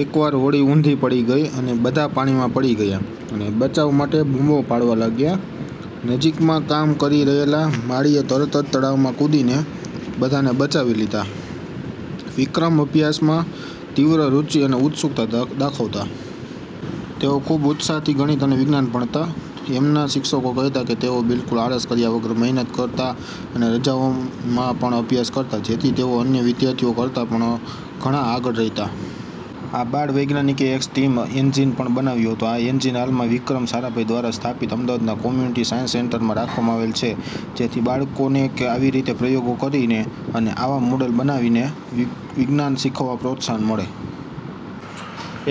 એક વાર હોડી ઉંધી પડી ગઈ અને બધા પાણીમાં પડી ગયા અને બચાવ માટે બૂમો પાડવા લાગ્યા. નજીકમાં કામ કરી રહેલા માળીએ તરત જ તળાવમાં કૂદીને બધાને બચાવી લીધા. વિક્રમ અભ્યાસમાં તીવ્ર રુચિ અને ઉત્સુકતા દાખવતા. તેઓ ખુબ જ ઉત્સાહથી ગણિત અને વિજ્ઞાન ભણતા. એમના શિક્ષકો કહેતા કે તેઓ બિલકુલ આળસ કર્યા વગર મહેનત કરતા અને રજાઓમાં પણ અભ્યાસ કરતા જેથી તેઓ અન્ય વિદ્યાર્થીઓ કરતાં ઘણા જ આગળ રહેતા. આ બાળ વૈજ્ઞાનિકે એક સ્ટીમ એન્જીન પણ બનાવ્યું હતું. આ એન્જીન હાલમાં વિક્રમ સારાભાઈ દ્વારા સ્થાપિત અમદાવાદના કોમ્યુનિટી સાયન્સ સેન્ટરમાં રાખવામાં આવેલ છે જેથી બાળકોને આવી રીતે પ્રયોગો કરીને અને આવા મોડલ બનાવીને વિજ્ઞાન શીખવામાં પ્રોત્સાહન મળે.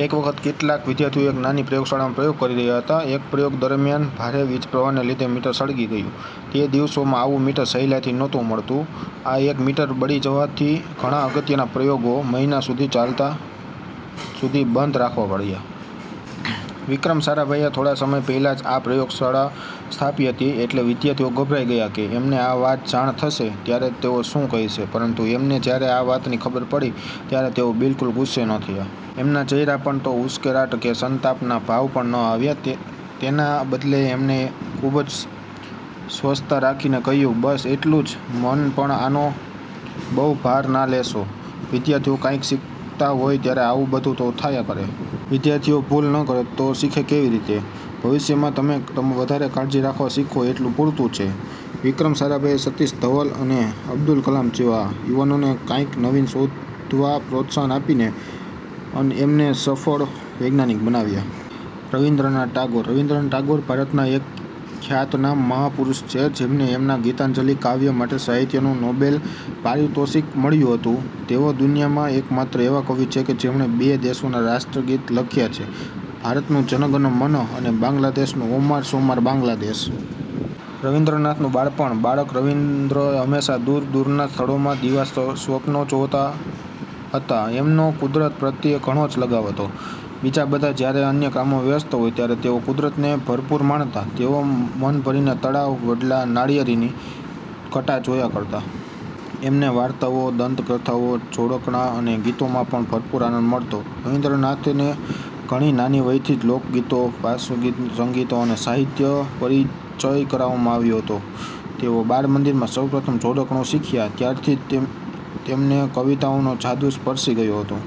એક વખત કેટલાક વિદ્યાર્થીઓ એક નાની પ્રયોગશાળામાં પ્રયોગ કરી રહ્યા હતા. એક પ્રયોગ દરમ્યાન ભારે વીજપ્રવાહને લીધે મીટર સળગી ગયું. તે દિવસોમાં આવું મીટર સહેલાઇથી નહોતું મળતું. આ એક મીટર બળી જવાથી ઘણા અગત્યના પ્રયોગો મહિનાઓ સુધી બંધ રાખવા પડયા. વિક્રમ સારાભાઈએ થોડા સમય પહેલાં જ આ પ્રયોગશાળા સ્થાપી હતી એટલે વિદ્યાર્થીઓ ગભરાઈ ગયા કે એમને આ વાતની જાણ થશે ત્યારે તેઓ શું કહેશે. પરંતુ એમને જયારે આ વાતની ખબર પડી ત્યારે તેઓ બિલકુલ ગુસ્સે ન થયા. એમના ચહેરા પર ઉશ્કેરાટ કે સંતાપના ભાવ પણ ન આવ્યા. તેના બદલે એમણે ખુબ જ સ્વસ્થતા રાખીને કહયું, "બસ એટલું જ? મન પર આનો બહુ ભાર ના લેશો. વિદ્યાર્થીઓ કાઇંક શીખતા હોય ત્યારે આવું બધું તો થયા કરે. વિદ્યાર્થીઓ ભૂલ ન કરે તો શીખે કેવી રીતે? ભવિષ્યમાં તમે વધારે કાળજી રાખતાં શીખો એટલું પૂરતું છે. " વિક્રમ સારાભાઈએ સતીશ ધવન અને અબ્દુલ કલામ જેવા યુવાનોને કાંઈક નવીન શોધવા પ્રોત્સાહન આપીને એમને સફળ વૈજ્ઞાનિક બનાવ્યા. રવિન્દ્રનાથ ટાગોર રવિન્દ્રનાથ ટાગોર ભારતના એક ખ્યાતનામ મહાપુરુષ છે જેમને એમના "ગીતાંજલિ" કાવ્ય માટે સાહિત્યનું નોબેલ પારિતોષિક મળ્યું હતું. તેઓ દુનિયાના એક માત્ર એવા કવિ છે જેમણે બે દેશોના રાષ્ટ્રગીત લખ્યાં છે ભારતનું 'જન મન ગણ' અને બાંગ્લાદેશનું 'ઓમાર સોનાર બાંગ્લાદેશ'. રવિન્દ્રનાથનું બાળપણ બાળક રવિન્દ્ર હંમેશા દૂર દૂરના સ્થળોના દિવા સ્વપ્નો જોયા કરતા. એમનો કુદરત પ્રત્યે ઘણો જ લગાવ હતો. બીજા બધા જયારે અન્ય કામોમાં વ્યસ્ત હોય ત્યારે તેઓ કુદરતને ભરપૂર માણતા. તેઓ મનભરીને તળાવ, વડલા, નારિયેળીની ઘટા જોયા કરતા. એમને વાર્તાઓ, દંતકથાઓ, જોડકણાં અને ગીતોમાં પણ ભરપૂર આનંદ મળતો. રવિન્દ્રનાથને ઘણી નાની વયથી જ લોકગીતો, પાશ્ચાત્ય સંગીત અને સાહિત્યનો પરિચય કરાવવામાં આવ્યો હતો. તેઓ બાળમંદિરમાં સૌપ્રથમ જોડકણું શીખ્યા ત્યારથી જ એમને કવિતાઓનો જાદુ સપર્શી ગયો હતો.